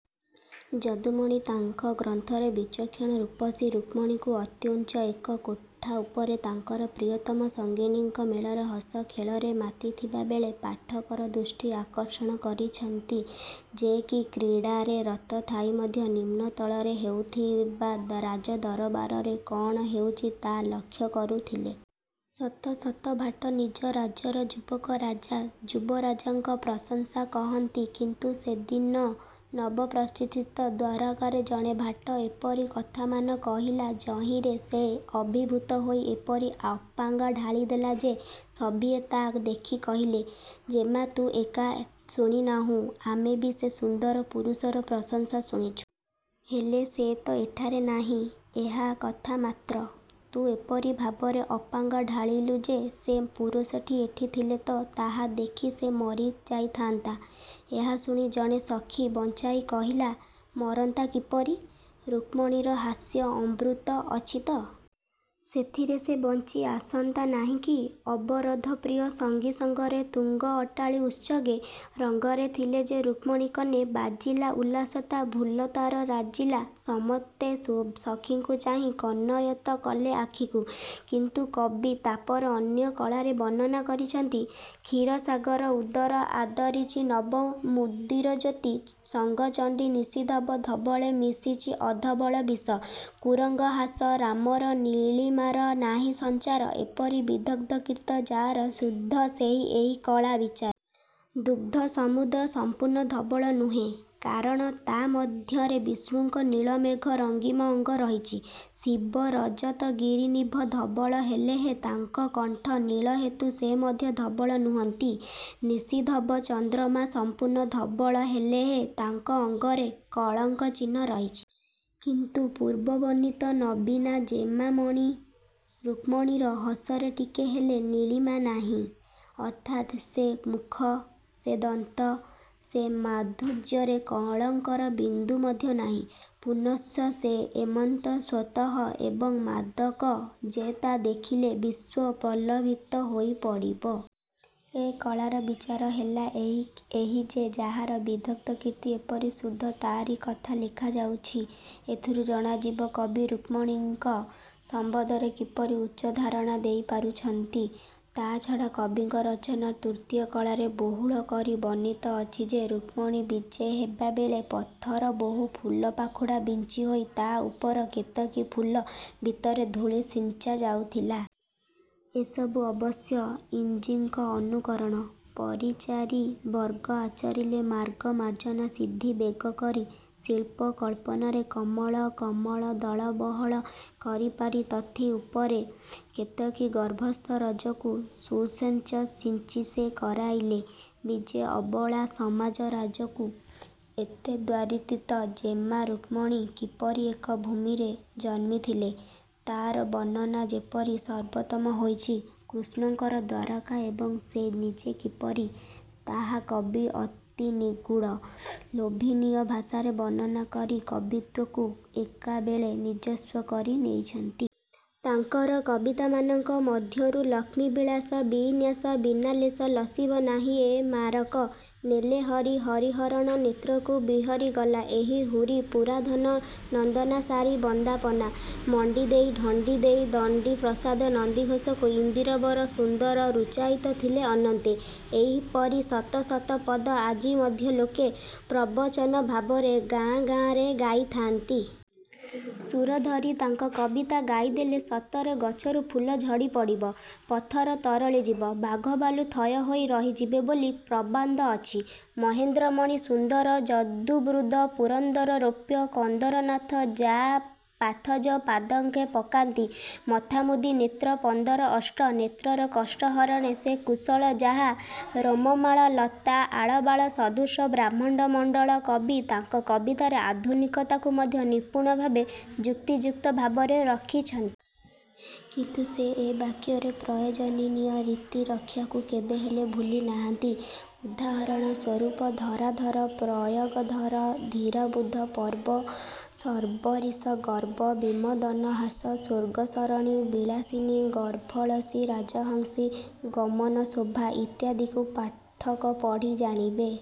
ଯଦୁମଣି ତାଙ୍କ ଗ୍ରନ୍ଥରେ ବିଚକ୍ଷଣା ରୂପସୀ ରୁକ୍ମିଣୀଙ୍କୁ ଅତ୍ୟୁଚ୍ଚ ଏକ କୋଠା ଉପରେ ତାଙ୍କର ପ୍ରିୟତମ ସଙ୍ଗିନୀଙ୍କ ମେଳରେ ହସଖେଳରେ ମାତିଥିବା ବେଳେ ପାଠକର ଦୃଷ୍ଟି ଆକର୍ଷଣ କରିଛନ୍ତି। ଯେ କି କ୍ରୀଡ଼ାରେ ରତ ଥାଇ ମଧ୍ୟ ନିମ୍ନତଳରେ ହେଉଥିବା ରାଜଦରବାରରେ କଣ ହେଉଛି ତା ଲକ୍ଷ୍ୟ କରୁଥିଲେ। ଶତ ଶତ ଭାଟ ନିଜ ରାଜ୍ୟର ଯୁବକ ରାଜା, ଯୁବରାଜଙ୍କ ପ୍ରଶଂସା କହନ୍ତି, କିନ୍ତୁ ସେଦିନ ନବପ୍ରତିଷ୍ଠିତ ଦ୍ୱାରକାର ଜଣେ ଭାଟ ଏପରି କଥାମାନ କହିଲା ଯହିଁରେ ସେ ଅଭିଭୂତ ହୋଇ ଏପରି ଅପାଙ୍ଗ ଢାଳିଦେଲେ ଯେ, ସଖିଏ ତା ଦେଖି କହିଲେ- ଜେମା ତୁ ଏକା ଶୁଣିନାହୁଁ, ଆମେ ବି ସେ ସୁନ୍ଦର ପୁରୁଷର ପ୍ରଶଂସା ଶୁଣିଛୁଁ। ହେଲେ ସେ ତ ଏଠାରେ ନାହିଁ, ଏହା କଥା ମାତ୍ର। ତୁ ଏପରି ଭାବରେ ଅପାଙ୍ଗ ଢାଳିଲୁ ଯେ ସେ ପୁରୁଷଟି ଏଠି ଥିଲେ ତ ତାହା ଦେଖି ସେ ମରି ଯାଇଥାନ୍ତା। ଏହା ଶୁଣି ଜଣେ ସଖି ବଞ୍ଚାଇ କହିଲା-'ମରନ୍ତା କିପରି? ରୁକ୍ମିଣୀର ହାସ୍ୟ ଅମୃତ ଅଛିତ? ସେଥିରେ ସେ ବଞ୍ଚି ଆସନ୍ତା ନାହିଁକି? ' ''ଅବରୋଧ ପ୍ରିୟ ସଙ୍ଗିସଙ୍ଗରେ ତୁଙ୍ଗ ଅଟ୍ଟାଳି ଉତ୍ସଙ୍ଗେ ରଙ୍ଗରେ ଥିଲେ ଯେ ରୁକ୍ମିଣୀ କର୍ଣ୍ଣେ ବାଜିଲା ଉଲ୍ଲାସ ତା ଭ୍ରୁଲତାରେ ରାଜିଲା ସମତ୍ତେ ସଖୀଙ୍କୁ ଚାହିଁ କର୍ଣ୍ଣାୟତ୍ତ କଲେ ଆଖିକୁ"। କିନ୍ତୁ କବି ତାପରେ ଅନ୍ୟ କଳାରେ ବର୍ଣ୍ଣନା କରିଛନ୍ତି- କ୍ଷୀର ସାଗର ଉଦର ଆଦରିଛି ନବ ମୁଦିର ଜ୍ୟୋତି ସଙ୍ଗ ଚଣ୍ଡୀ ନିଶିଧବ ଧବଳେ ମିଶିଛି ଅଧବଳ ବିଷ କୁରଙ୍ଗ ହାସେ ରାମାର ନୀଳିମାର ନାହିଁ ସଂଚାର ଏପରି ବିଦଗ୍ଧ କୀର୍ତ୍ତି ଯାର ଶୁଦ୍ଧ ସେହି ଏହି କଳା ବିଚାର। ଦୁଗ୍ଧ ସମୁଦ୍ର ସଂପୂର୍ଣ୍ଣ ଧବଳ ନୁହେଁ। କାରଣ ତା ମଧ୍ୟରେ ବିଷ୍ଣୁଙ୍କ ନୀଳମେଘ ରଙ୍ଗିମା ଅଙ୍ଗ ରହିଛି। ଶିବ ରଜତଗିରିନିଭ ଧବଳ ହେଲେହେଁ ତାଙ୍କ କଣ୍ଠ ନୀଳହେତୁ ସେ ମଧ୍ୟ ଧବଳ ନୁହନ୍ତି। ନିଶିଧବ ଚନ୍ଦ୍ରମା ସଂପୂର୍ଣ୍ଣ ଧବଳ ହେଲେହେଁ, ତାଙ୍କ ଅଙ୍ଗରେ କଳଙ୍କ ଚିହ୍ନ ରହିଛି। କିନ୍ତୁ ପୂର୍ବ ବର୍ଣ୍ଣିତ ନବୀନା ଜେମାମଣି ରୁକ୍ମିଣୀର ହସରେ ଟିକେ ହେଲେ ନୀଳିମା ନାହିଁ। ଅର୍ଥାତ୍ ସେ ମୁଖ, ସେ ଦନ୍ତ, ସେ ମାଧୁର୍ଯ୍ୟରେ କଳଙ୍କର ବିନ୍ଦୁ ମଧ୍ୟ ନାହିଁ। ପୁନଶ୍ଚ ସେ ଏମନ୍ତ ସ୍ୱତଃ ଏବଂ ମାଦକ ଯେ ତା ଦେଖିଲେ ବିଶ୍ୱ ପ୍ରଲୋଭିତ ହୋଇ ପଡ଼ିବ। ଏ କଳାର ବିଚାର ହେଲା ଏହି ଯେ ଯାହାର ବିଦଗ୍ଧ କୀତ୍ତି ଏପରି ଶୁଦ୍ଧ ତା'ରି କଥା ଲେଖାଯାଇଛି। ଏଥିରୁ ଜଣାଯିବ କବି ରୁକ୍ମିଣୀଙ୍କ। ସମ୍ବନ୍ଧରେ କିପରି ଉଚ୍ଚଧାରଣା ଦେଇପାରିଛନ୍ତି? ତାଛଡ଼ା କବିଙ୍କ ରଚନା ତୃତୀୟ କଳାରେ ବହୁଳ କରି ବର୍ଣ୍ଣିତ ଅଛି ଯେ ରୁକ୍ମିଣୀ ବିଜେହେବାବେଳେ ପଥରେ ବହୁ ଫୁଲପାଖୁଡ଼ା ବିଞ୍ଛିହୋଇ ତା ଉପରେ କେତକୀ ଫୁଲ ଭିତର ଧୂଳି ସିଞ୍ଚା ଯାଇଥିଲା। ଏସବୁ ଅବଶ୍ୟ ଭଞ୍ଜଙ୍କ ଅନୁକରଣ। ''ପରିଚାରି ବର୍ଗ ଆଚରିଲେ ମାର୍ଗ ମାର୍ଜନା ସିଦ୍ଧି ବେଗକରି ଶିଳ୍ପ କଳ୍ପନାରେ କମଳ କୋମଳ ଦଳ ବହଳ କରିପାରି ତଥି ଉପରେ, କେତକୀ ଗର୍ଭସ୍ଥ ରଜକୁ ସୁସଞ୍ଚେ ସିଞ୍ଚିସେ କରାଇଲେ ବିଜେ ଅବଳା ସମାଜ ରାଜକୁ। ଏତଦ୍ବ୍ୟତୀତ ଜେମା ରୁକ୍ମିଣୀ କିପରି ଏକ ଭୂମିରେ ଜନ୍ମିଥିଲେ, ତାର ବର୍ଣ୍ଣନା ଯେପରି ସର୍ବୋତ୍ତମ ହୋଇଛି କୃଷ୍ଣଙ୍କର ଦ୍ୱାରକା ଏବଂ ସେ ନିଜେ କିପରି, ତାହା କବି ଅତି ନିଗୂଢ଼, ଲୋଭନୀୟ ଭାଷାରେ ବର୍ଣ୍ଣନା କରି କବିତ୍ୱକୁ ଏକାବେଳେ ନିଜସ୍ୱ କରି ନେଇଛନ୍ତି। ତାଙ୍କର କବିତାମାନଙ୍କ ମଧ୍ୟରୁ- ''ଲକ୍ଷ୍ମୀ ବିଳାସ ବି-ନ୍ୟାସ ବିନାଲେଶ ଲସିବ ନାହିଁ ଏ ମାରକ" ''ନେଲେ ହରି ହରି ହରିଣ ନେତ୍ରାକୁ ବିହରି ଗଲା ଏହି ହୁରି" ''ପୁରୋଧା ନନ୍ଦନା ସାରି ବନ୍ଦାପନା ମଣ୍ଡିଦେଇ ଧଣ୍ଡିଦେଇ ଧଣ୍ଡି-ପ୍ରସାଦ" ''ନନ୍ଦିଘୋଷକୁ ଇନ୍ଦିବର ସୁନ୍ଦର ରୂଚାଇତ ଥିଲେ ଅନନ୍ତେ" -ଏପରି ଶତ ଶତ ପଦ ଆଜି ମଧ୍ୟ ଲୋକେ ପ୍ରବଚନ ଭାବରେ ଗାଁ ଗାଁରେ ଗାଇଥାନ୍ତି। ସୁର ଧରି ତାଙ୍କ କବିତା ଗାଇଦେଲେ ସତରେ ଗଛରୁ ଫୁଲ ଝଡ଼ିପଡ଼ିବ। ପଥର ତରଳିଯିବ, ବାଘଭାଲୁ ଥୟହୋଇ ରହିଯିବେ ବୋଲି ପ୍ରବାଦଅଛି। ମହେନ୍ଦ୍ର ମଣି ସୁନ୍ଦର ଯଦୁବୃନ୍ଦ ପୁରନ୍ଦର ରୌପ୍ୟ କନ୍ଦର ନାଥ ଯା ପାଥୋଜ ପଦାଙ୍କେ ପକାନ୍ତି ମଥାମୁଦି ନେତ୍ର ପନ୍ଦର ଅଷ୍ଟ ନେତ୍ରର କଷ୍ଟ ହରଣେ ସେ କୁଶଳ ଯାହା ରୋମମାଳ ଲତା ଆଳବାଳ ସଦୃଶ ବ୍ରହ୍ମାଣ୍ଡ ମଣ୍ଡଳ କବି ତାଙ୍କ କବିତାରେ ଆଧୁନିକତାକୁ ମଧ୍ୟ ନିପୂଣ ଭାବେ ଯୁକ୍ତିଯୁକ୍ତ ଭାବରେ ରଖିଛନ୍ତି। କିନ୍ତୁ ସେ ଏ କାବ୍ୟରେ ପ୍ରୟୋଜନୀୟ-ରୀତି ରକ୍ଷାକୁ କେବେହେଲେ ଭୁଲିନାହାନ୍ତି। ଉଦାହରଣ ସ୍ୱରୂପ ''ଧରାଧର ପୟୋଧରା ଧୀରାବୃନ୍ଦ, ପର୍ବ ଶର୍ବରୀଶ ଗର୍ବ ବିମର୍ଦ୍ଦନ ହାସ, ସ୍ୱର୍ଗସରଣୀ ବିଳାସିନୀ ଗର୍ଭଳସୀ ରାଜହଂସୀ ଗମନ ଶୋଭା" ଇତ୍ୟାଦିକୁ ପାଠକ ପଢ଼ି ଜାଣିବେ।